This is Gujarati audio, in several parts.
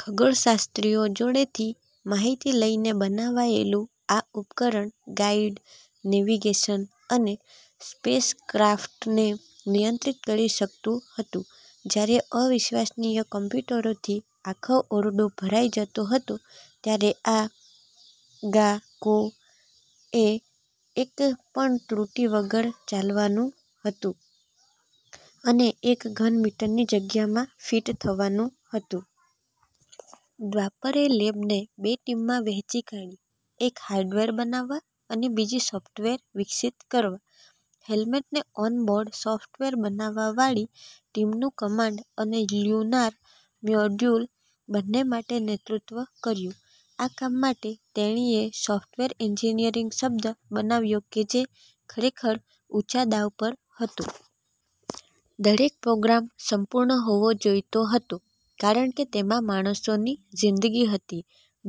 ખગોળશાસ્ત્રીઓ જોડેથી માહિતી લઈને બનવાયેલું આ ઉપકરણ ગાઈડ, નેવિગેશન અને સ્પેસક્રાફ્ટને નિયંત્રિત કરી શકતું હતું. જયારે અવિશ્વસનીય કોમ્યુટરોથી આખો ઓરડો ભરાઈ જતો હતો, ત્યારે અ. ગા. કો. એ એક પણ ત્રુટિ વગર ચાલવાનું હતું અને એક ઘન મીટરની જગ્યામાં ફીટ થવાનું હતું. દ્રાપર એ લેબને બે ટીમમાં વહેંચી કાઢી, એક હાર્ડવેર બનાવવા અને બીજી સોફ્ટવેર વિકસિત કરવા. હેમિલ્ટને ઓન-બોર્ડ સોફ્ટવેર બનાવવાવાળી ટીમનું કમાન્ડ અને લ્યુનાર મોડ્યુલ બંને માટે નેતૃત્વ કર્યું. આ કામ માટે, તેણીએ "સોફ્ટવેર એન્જીનીયરીંગ" શબ્દ બનાવ્યો કે જે ખરેખર ઊંચા દાવ પર હતો. દરેક પ્રોગ્રામ સંપૂર્ણ હોવો જોઈતો હતો કારણ કે તેમાં માણસોની જીંદગી હતી.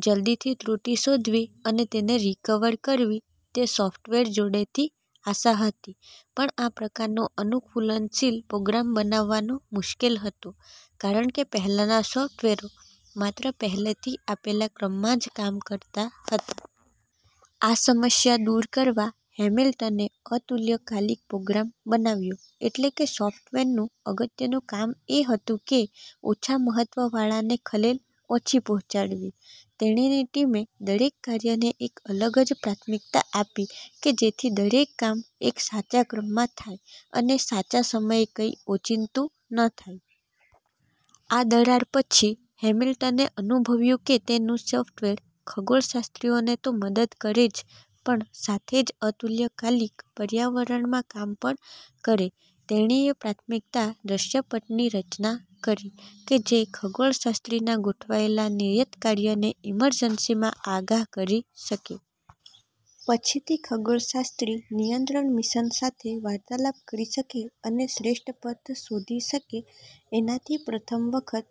જલ્દીથી ત્રુટિ શોધવી અને તેને રિકવર કરવી તે સોફ્ટવેર જોડેથી આશા હતી. પણ આ પ્રકારનો અનુકૂલનશીલ પ્રોગ્રામ બનાવવો મુશ્કેલ હતો કારણ કે પહેલાંના સોફ્ટવેરો માત્ર પહેલેથી આપેલા ક્રમમાં જ કામ કરતાં હતાં. આ સમસ્યા દૂર કરવા, હેમિલ્ટને "અતુલ્યકાલિક" પ્રોગ્રામ બનાવ્યો એટલે કે સોફ્ટવેરનું અગત્યનું કામ એ હતું કે ઓછા મહત્વવાળાને ખલેલ ઓછી પહોંચાડવી. તેણીની ટીમે દરેક કાર્યને એક અલગ જ પ્રાથમિકતા આપી કે જેથી દરેક કામ એક સાચા ક્રમમાં થાય અને સાચા સમયે-કઈ ઓચિંતું ન થાય. આ દરાર પછી, હેમિલ્ટને અનુભવ્યું કે તેનું સોફ્ટવેર ખગોળશાસ્ત્રીઓને તો મદદ કરે જ પણ સાથે જ અતુલ્યકાલિક પર્યાવરણમાં કામ પણ કરે. તેણીએ પ્રાથમિકતા દ્રશ્યપટની રચના કરી, કે જે ખગોળશાસ્ત્રીના ગોઠવેલા નિયત કાર્યને ઇમરજન્સીમાં આગાહ કરી શકે. પછી થી ખગોળશાસ્ત્રી નિયંત્રણ મિશન સાથે વાર્તાલાપ કરી શકે અને શ્રેષ્ઠ પથ શોધી શકે. આનાથી પ્રથમ વખત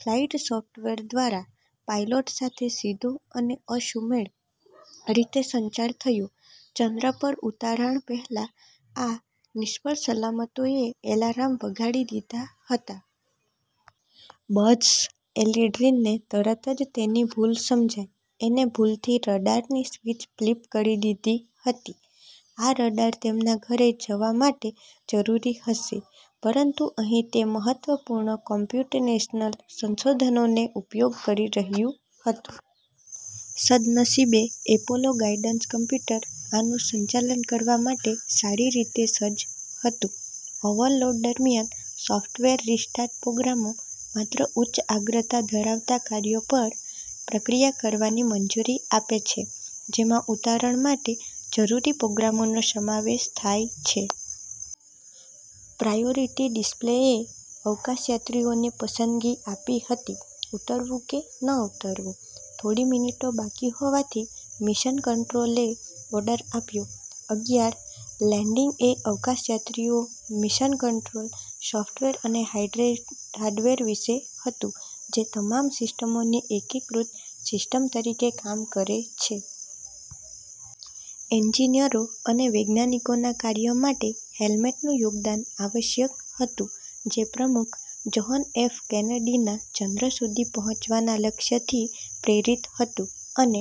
ફ્લાઇટ સોફ્ટવેર દ્વારા પાયલોટ સાથે સીધો અને અસુમેળ રીતે સંચાર થયો. ચંદ્ર પર ઉતરાણ પહેલા આ નિષ્ફળ-સલામતોએ એલાર્મ વગાડી દીધાં હતાં. બઝ એલ્ડ્રીનને તરત જ તેની ભૂલ સમજાઈ એને ભૂલથી રડારની સ્વિચ ફ્લિપ કરી દીધી હતી. આ રડાર તેમના ઘરે જવા માટે જરૂરી હશે, પરંતુ અહીં તે મહત્વપૂર્ણ કોમ્પ્યુટેશનલ સંસાધનોનો ઉપયોગ કરી રહ્યું હતું. સદનસીબે, એપોલો ગાઇડન્સ કોમ્પ્યુટર આનું સંચાલન કરવા માટે સારી રીતે સજ્જ હતું. ઓવરલોડ દરમિયાન, સૉફ્ટવેર રિસ્ટાર્ટ પ્રોગ્રામો માત્ર ઉચ્ચ અગ્રતા ધરાવતા કાર્યો પર પ્રક્રિયા કરવાની મંજૂરી આપે છે જેમાં ઉતરાણ માટે જરૂરી પ્રોગ્રામોનો સમાવેશ થાય છે. પ્રાયોરિટી ડિસ્પ્લેએ અવકાશયાત્રીઓને પસંદગી આપી હતી ઉતરવું કે ન ઉતરવું. થોડી મિનિટો બાકી હોવાથી, મિશન કંટ્રોલે ઓર્ડર આપ્યો. અગિયાર. લેન્ડિંગ એ અવકાશયાત્રીઓ, મિશન કંટ્રોલ, સૉફ્ટવેર અને હાર્ડવેર વિશે હતું જે તમામ સિસ્ટમોની એકીકૃત સિસ્ટમ તરીકે કામ કરે છે. એન્જિનિયરો અને વૈજ્ઞાનિકોના કાર્ય માટે હેમિલ્ટનનું યોગદાન આવશ્યક હતું. જે પ્રમુખ જ્હોન એફ. કેનેડીના ચંદ્ર સુધી પહોંચવાના લક્ષ્યથી પ્રેરિત હતું. અને